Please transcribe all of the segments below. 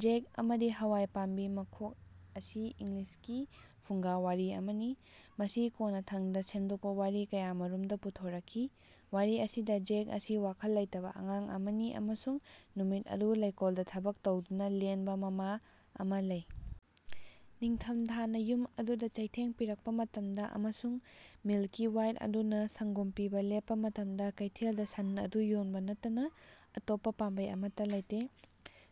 ꯖꯦꯛ ꯑꯃꯗꯤ ꯍꯋꯥꯢ ꯄꯥꯝꯕꯤ ꯃꯈꯣꯛ ꯑꯁꯤ ꯏꯪꯂꯤꯁꯀꯤ ꯐꯨꯡꯒꯥꯋꯥꯔꯤ ꯑꯃꯅꯤ꯫ ꯃꯁꯤ ꯀꯣꯟꯅꯊꯪꯗ ꯁꯦꯝꯗꯣꯛꯄ ꯋꯥꯔꯤ ꯀꯌꯥꯃꯔꯨꯝꯗ ꯄꯨꯊꯣꯔꯛꯈꯤ꯫ ꯋꯥꯔꯤ ꯑꯁꯤꯗ ꯖꯦꯛ ꯑꯁꯤ ꯋꯥꯈꯜ ꯂꯩꯇꯕ ꯑꯉꯥꯡ ꯑꯃꯅꯤ ꯑꯃꯁꯨꯡ ꯅꯨꯃꯤꯠ ꯑꯗꯨ ꯂꯩꯀꯣꯜꯗ ꯊꯕꯛ ꯇꯧꯗꯨꯅ ꯂꯦꯟꯕ ꯃꯃꯥ ꯑꯃ ꯂꯩ꯫ ꯅꯤꯡꯊꯝꯊꯥꯅ ꯌꯨꯝ ꯑꯗꯨꯗ ꯆꯩꯊꯦꯡ ꯄꯤꯔꯛꯄ ꯃꯇꯝꯗ ꯑꯃꯁꯨꯡ ꯃꯤꯜꯀꯤ-ꯋꯥꯏꯠ ꯑꯗꯨꯅ ꯁꯪꯒꯣꯝ ꯄꯤꯕ ꯂꯦꯞꯄ ꯃꯇꯝꯗ, ꯀꯩꯊꯦꯜꯗ ꯁꯟ ꯑꯗꯨ ꯌꯣꯟꯕ ꯅꯠꯇꯅ ꯑꯇꯣꯞꯄ ꯄꯥꯝꯕꯩ ꯑꯃꯠꯇ ꯂꯩꯇꯦ꯫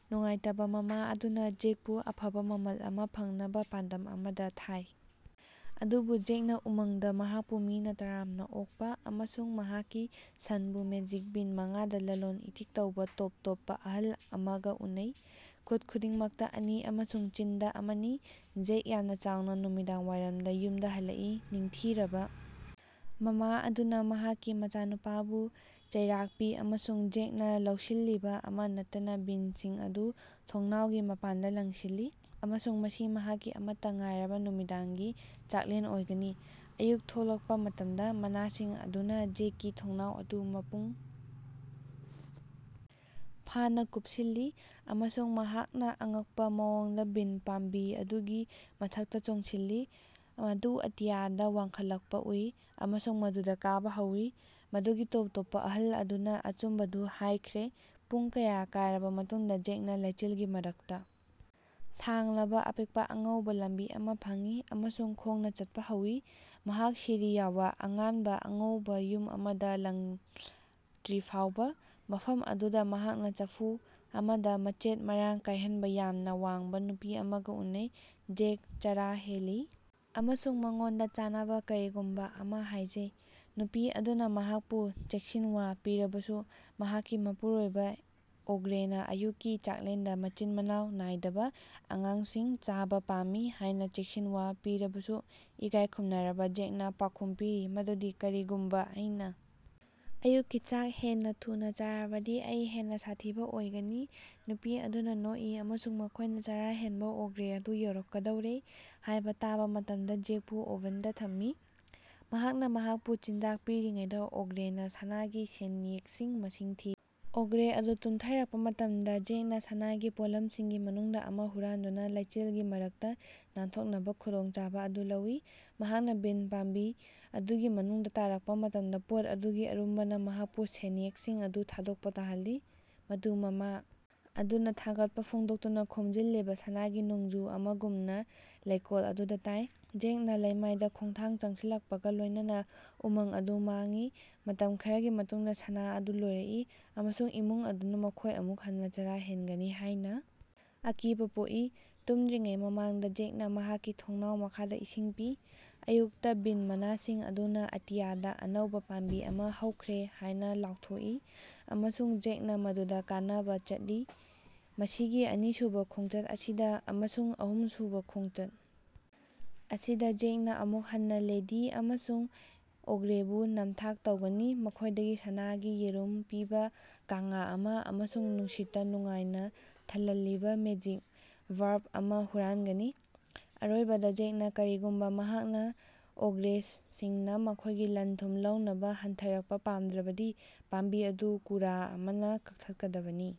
ꯅꯨꯡꯉꯥꯏꯇꯕ ꯃꯃꯥ ꯑꯗꯨꯅ ꯖꯦꯛꯄꯨ ꯑꯐꯕ ꯃꯃꯜ ꯑꯃ ꯐꯪꯅꯕ ꯄꯥꯟꯗꯝ ꯑꯃꯗ ꯊꯥꯏ꯫ ꯑꯗꯨꯕꯨ ꯖꯦꯛꯅ ꯎꯃꯪꯗ ꯃꯍꯥꯛꯄꯨ ꯃꯤꯅ ꯇꯔꯥꯝꯅ ꯑꯣꯛꯄ, ꯑꯃꯁꯨꯡ ꯃꯍꯥꯛꯀꯤ ꯁꯟꯕꯨ ꯃꯦꯖꯤꯛ ꯕꯤꯟ ꯃꯉꯥꯗ ꯂꯂꯣꯟ-ꯏꯇꯤꯛ ꯇꯧꯕ ꯇꯣꯞ ꯇꯣꯞꯄ ꯑꯍꯜ ꯑꯃꯒ ꯎꯅꯩ꯫ ꯈꯨꯠ ꯈꯨꯗꯤꯡꯃꯛꯇ ꯑꯅꯤ ꯑꯃꯁꯨꯡ ꯆꯤꯟꯗ ꯑꯃꯅꯤ꯫ ꯖꯦꯛ ꯌꯥꯝꯅ ꯆꯥꯎꯅ ꯅꯨꯃꯤꯗꯥꯡꯋꯥꯏꯔꯝꯗ ꯌꯨꯝꯗ ꯍꯜꯂꯛꯏ꯫ ꯅꯤꯡꯊꯤꯔꯕ ꯃꯃꯥ ꯑꯗꯨꯅ ꯃꯍꯥꯛꯀꯤ ꯃꯆꯥꯅꯨꯄꯥꯕꯨ ꯆꯩꯔꯥꯛ ꯄꯤ ꯑꯃꯁꯨꯡ ꯖꯦꯛꯅ ꯂꯧꯁꯤꯜꯂꯤꯕ ꯑꯃ ꯅꯠꯇꯅ ꯕꯤꯟꯁꯤꯡ ꯑꯗꯨ ꯊꯣꯡꯅꯥꯎꯒꯤ ꯃꯄꯥꯟꯗ ꯂꯪꯁꯤꯜꯂꯤ, ꯑꯃꯁꯨꯡ ꯃꯁꯤ ꯃꯍꯥꯛꯀꯤ ꯑꯃꯠꯇ ꯉꯥꯏꯔꯕ ꯅꯨꯃꯤꯗꯥꯡꯒꯤ ꯆꯥꯛꯂꯦꯟ ꯑꯣꯏꯒꯅꯤ꯫ ꯑꯌꯨꯛ ꯊꯣꯛꯂꯛꯄ ꯃꯇꯝꯗ, ꯃꯅꯥꯁꯤꯡ ꯑꯗꯨꯅ ꯖꯦꯛꯀꯤ ꯊꯣꯡꯅꯥꯎ ꯑꯗꯨ ꯃꯄꯨꯡ ꯐꯥꯅ ꯀꯨꯞꯁꯤꯜꯂꯤ, ꯑꯃꯁꯨꯡ ꯃꯍꯥꯛꯅ ꯑꯉꯛꯄ ꯃꯑꯣꯡꯗ ꯕꯤꯟ ꯄꯥꯝꯕꯤ ꯑꯗꯨꯒꯤ ꯃꯊꯛꯇ ꯆꯣꯡꯁꯤꯜꯂꯤ, ꯃꯗꯨ ꯑꯇꯤꯌꯥꯗ ꯋꯥꯡꯈꯠꯂꯛꯄ ꯎꯏ, ꯑꯃꯁꯨꯡ ꯃꯗꯨꯗ ꯀꯥꯕ ꯍꯧꯋꯤ꯫ ꯃꯗꯨꯒꯤ ꯇꯣꯞ ꯇꯣꯞꯄ ꯑꯍꯜ ꯑꯗꯨꯅ ꯑꯆꯨꯝꯕꯗꯨ ꯍꯥꯏꯈ꯭ꯔꯦ꯫ ꯄꯨꯡ ꯀꯌꯥ ꯀꯥꯔꯕ ꯃꯇꯨꯡꯗ, ꯖꯦꯛꯅ ꯂꯩꯆꯤꯜꯒꯤ ꯃꯔꯛꯇ ꯁꯥꯡꯂꯕ, ꯑꯄꯤꯛꯄ ꯑꯉꯧꯕ ꯂꯝꯕꯤ ꯑꯃ ꯐꯪꯏ ꯑꯃꯁꯨꯡ ꯈꯣꯡꯅ ꯆꯠꯄ ꯍꯧꯋꯤ, ꯃꯍꯥꯛ ꯁꯤꯔꯤ ꯌꯥꯎꯕ ꯑꯉꯥꯟꯕ ꯑꯉꯧꯕ ꯌꯨꯝ ꯑꯃꯗ ꯂꯥꯛꯇ꯭ꯔꯤꯐꯥꯎꯕ꯫ ꯃꯐꯝ ꯑꯗꯨꯗ ꯃꯍꯥꯛꯅ ꯆꯐꯨ ꯑꯃꯗ ꯃꯆꯦꯠ-ꯃꯔꯥꯡ ꯀꯥꯏꯍꯟꯕ ꯌꯥꯝꯅ ꯋꯥꯡꯕ ꯅꯨꯄꯤ ꯑꯃꯒ ꯎꯅꯩ꯫ ꯖꯦꯛ ꯆꯔꯥ ꯍꯦꯜꯂꯤ ꯑꯃꯁꯨꯡ ꯃꯉꯣꯟꯗ ꯆꯥꯅꯕ ꯀꯔꯤꯒꯨꯝꯕ ꯑꯃ ꯍꯥꯏꯖꯩ꯫ ꯅꯨꯄꯤ ꯑꯗꯨꯅ ꯃꯍꯥꯛꯄꯨ ꯆꯦꯛꯁꯤꯟꯋꯥ ꯄꯤꯔꯕꯁꯨ ꯃꯍꯥꯛꯀꯤ ꯃꯄꯨꯔꯣꯏꯕ ꯑꯣꯒ꯭ꯔꯦꯅ ꯑꯌꯨꯛꯀꯤ ꯆꯥꯛꯂꯦꯟꯗ ꯃꯆꯤꯟ ꯃꯅꯥꯎ ꯅꯥꯏꯗꯕ ꯑꯉꯥꯡꯁꯤꯡ ꯆꯥꯕ ꯄꯥꯝꯃꯤ ꯍꯥꯏꯅ ꯆꯦꯛꯁꯤꯟꯋꯥ ꯄꯤꯔꯕꯁꯨ, ꯏꯀꯥꯏ ꯈꯨꯝꯅꯔꯕ ꯖꯦꯛꯅ ꯄꯥꯎꯈꯨꯝ ꯄꯤꯔꯤ ꯃꯗꯨꯗꯤ ꯀꯔꯤꯒꯨꯝꯕ ꯑꯩꯅ ꯑꯌꯨꯛꯀꯤ ꯆꯥꯛ ꯍꯦꯟꯅ ꯊꯨꯅ ꯆꯥꯔꯕꯗꯤ ꯑꯩ ꯍꯦꯟꯅ ꯁꯥꯊꯤꯕ ꯑꯣꯏꯒꯅꯤ"꯫ꯅꯨꯄꯤ ꯑꯗꯨꯅ ꯅꯣꯛꯏ ꯑꯃꯁꯨꯡ ꯃꯈꯣꯏꯅ ꯆꯔꯥ ꯍꯦꯟꯕ ꯑꯣꯒ꯭ꯔꯦ ꯑꯗꯨ ꯌꯧꯔꯛꯀꯗꯧꯔꯤ ꯍꯥꯏꯕ ꯇꯥꯕ ꯃꯇꯝꯗ ꯖꯦꯛꯄꯨ ꯑꯣꯚꯟꯗ ꯊꯝꯃꯤ꯫ ꯃꯍꯥꯛꯅ ꯃꯍꯥꯛꯄꯨ ꯆꯤꯟꯖꯥꯛ ꯄꯤꯔꯤꯉꯩꯗ, ꯑꯣꯒ꯭ꯔꯦꯅ ꯁꯅꯥꯒꯤ ꯁꯦꯟꯌꯦꯛꯁꯤꯡ ꯃꯁꯤꯡ ꯊꯤꯔꯤ꯫ ꯑꯣꯒ꯭ꯔꯦ ꯑꯗꯨ ꯇꯨꯝꯊꯔꯛꯄ ꯃꯇꯝꯗ, ꯖꯦꯛꯅ ꯁꯅꯥꯒꯤ ꯄꯣꯠꯂꯝꯁꯤꯡꯒꯤ ꯃꯅꯨꯡꯗ ꯑꯃ ꯍꯨꯔꯥꯟꯗꯨꯅ ꯂꯩꯆꯤꯜꯒꯤ ꯃꯔꯛꯇ ꯅꯥꯟꯊꯣꯛꯅꯕ ꯈꯨꯗꯣꯡꯆꯥꯕ ꯑꯗꯨ ꯂꯧꯋꯤ꯫ ꯃꯍꯥꯛꯅ ꯕꯤꯟ ꯄꯥꯝꯕꯤ ꯑꯗꯨꯒꯤ ꯃꯅꯨꯡꯗ ꯇꯥꯔꯛꯄ ꯃꯇꯝꯗ, ꯄꯣꯠ ꯑꯗꯨꯒꯤ ꯑꯔꯨꯝꯕꯅ ꯃꯍꯥꯛꯄꯨ ꯁꯦꯟꯌꯦꯛꯁꯤꯡ ꯑꯗꯨ ꯊꯥꯗꯣꯛꯄ ꯇꯥꯍꯜꯂꯤ, ꯃꯗꯨ ꯃꯃꯥ ꯑꯗꯨꯅ ꯊꯥꯒꯠꯄ ꯐꯣꯡꯗꯣꯛꯇꯨꯅ ꯈꯣꯝꯖꯤꯜꯂꯤꯕ ꯁꯅꯥꯒꯤ ꯅꯣꯡꯖꯨ ꯑꯃꯒꯨꯝꯅ ꯂꯩꯀꯣꯜ ꯑꯗꯨꯗ ꯇꯥꯏ꯫ ꯖꯦꯛꯅ ꯂꯩꯃꯥꯏꯗ ꯈꯣꯡꯊꯥꯡ ꯆꯪꯁꯤꯜꯂꯛꯄꯒ ꯂꯣꯏꯅꯅ ꯎꯃꯪ ꯑꯗꯨ ꯃꯥꯡꯏ꯫ ꯃꯇꯝ ꯈꯔꯒꯤ ꯃꯇꯨꯡꯗ, ꯁꯅꯥ ꯑꯗꯨ ꯂꯣꯏꯔꯛꯏ ꯑꯃꯁꯨꯡ ꯏꯃꯨꯡ ꯑꯗꯨꯅ ꯃꯈꯣꯏ ꯑꯃꯨꯛ ꯍꯟꯅ ꯆꯔꯥ ꯍꯦꯟꯒꯅꯤ ꯍꯥꯏꯅ ꯑꯀꯤꯕ ꯄꯣꯛꯏ꯫ ꯇꯨꯝꯗ꯭ꯔꯤꯉꯩ ꯃꯃꯥꯡꯗ ꯖꯦꯛꯅ ꯃꯍꯥꯛꯀꯤ ꯊꯣꯡꯅꯥꯎ ꯃꯈꯥꯗ ꯏꯁꯤꯡ ꯄꯤ꯫ ꯑꯌꯨꯛꯇ ꯕꯤꯟ ꯃꯅꯥꯁꯤꯡ ꯑꯗꯨꯅ ꯑꯇꯤꯌꯥꯗ ꯑꯅꯧꯕ ꯄꯥꯝꯕꯤ ꯑꯃ ꯍꯧꯈ꯭ꯔꯦ ꯍꯥꯏꯅ ꯂꯥꯎꯊꯣꯛꯏ, ꯑꯃꯁꯨꯡ ꯖꯦꯛꯅ ꯃꯗꯨꯗ ꯀꯥꯅꯕ ꯆꯠꯂꯤ꯫ ꯃꯁꯤꯒꯤ ꯑꯅꯤꯁꯨꯕ ꯈꯣꯡꯆꯠ ꯑꯁꯤꯗ, ꯑꯃꯁꯨꯡ ꯑꯍꯨꯝꯁꯨꯕ ꯈꯣꯡꯆꯠ ꯑꯁꯤꯗ, ꯖꯦꯛꯅ ꯑꯃꯨꯛ ꯍꯟꯅ ꯂꯦꯗꯤ ꯑꯃꯁꯨꯡ ꯑꯣꯒ꯭ꯔꯦꯕꯨ ꯅꯝꯊꯥꯛ ꯇꯧꯒꯅꯤ, ꯃꯈꯣꯏꯗꯒꯤ ꯁꯅꯥꯒꯤ ꯌꯦꯔꯨꯝ ꯄꯤꯕ ꯀꯥꯡꯉꯥ ꯑꯃ ꯑꯃꯁꯨꯡ ꯅꯨꯡꯁꯤꯠꯇ ꯅꯨꯡꯉꯥꯏꯅ ꯊꯜꯍꯜꯂꯤꯕ ꯃꯦꯖꯤꯛ ꯚꯥꯔꯞ ꯑꯃ ꯍꯨꯔꯥꯟꯒꯅꯤ꯫ ꯑꯔꯣꯏꯕꯗ, ꯖꯦꯛꯅ ꯀꯔꯤꯒꯨꯝꯕ ꯃꯍꯥꯛꯅ ꯑꯣꯒ꯭ꯔꯦꯁꯁꯤꯡꯅ ꯃꯈꯣꯏꯒꯤ ꯂꯟ-ꯊꯨꯝ ꯂꯧꯅꯕ ꯍꯟꯊꯔꯛꯄ ꯄꯥꯝꯗ꯭ꯔꯕꯗꯤ ꯄꯥꯝꯕꯤ ꯑꯗꯨ ꯀꯨꯔꯥ ꯑꯃꯅ ꯀꯛꯊꯠꯀꯗꯕꯅꯤ꯫"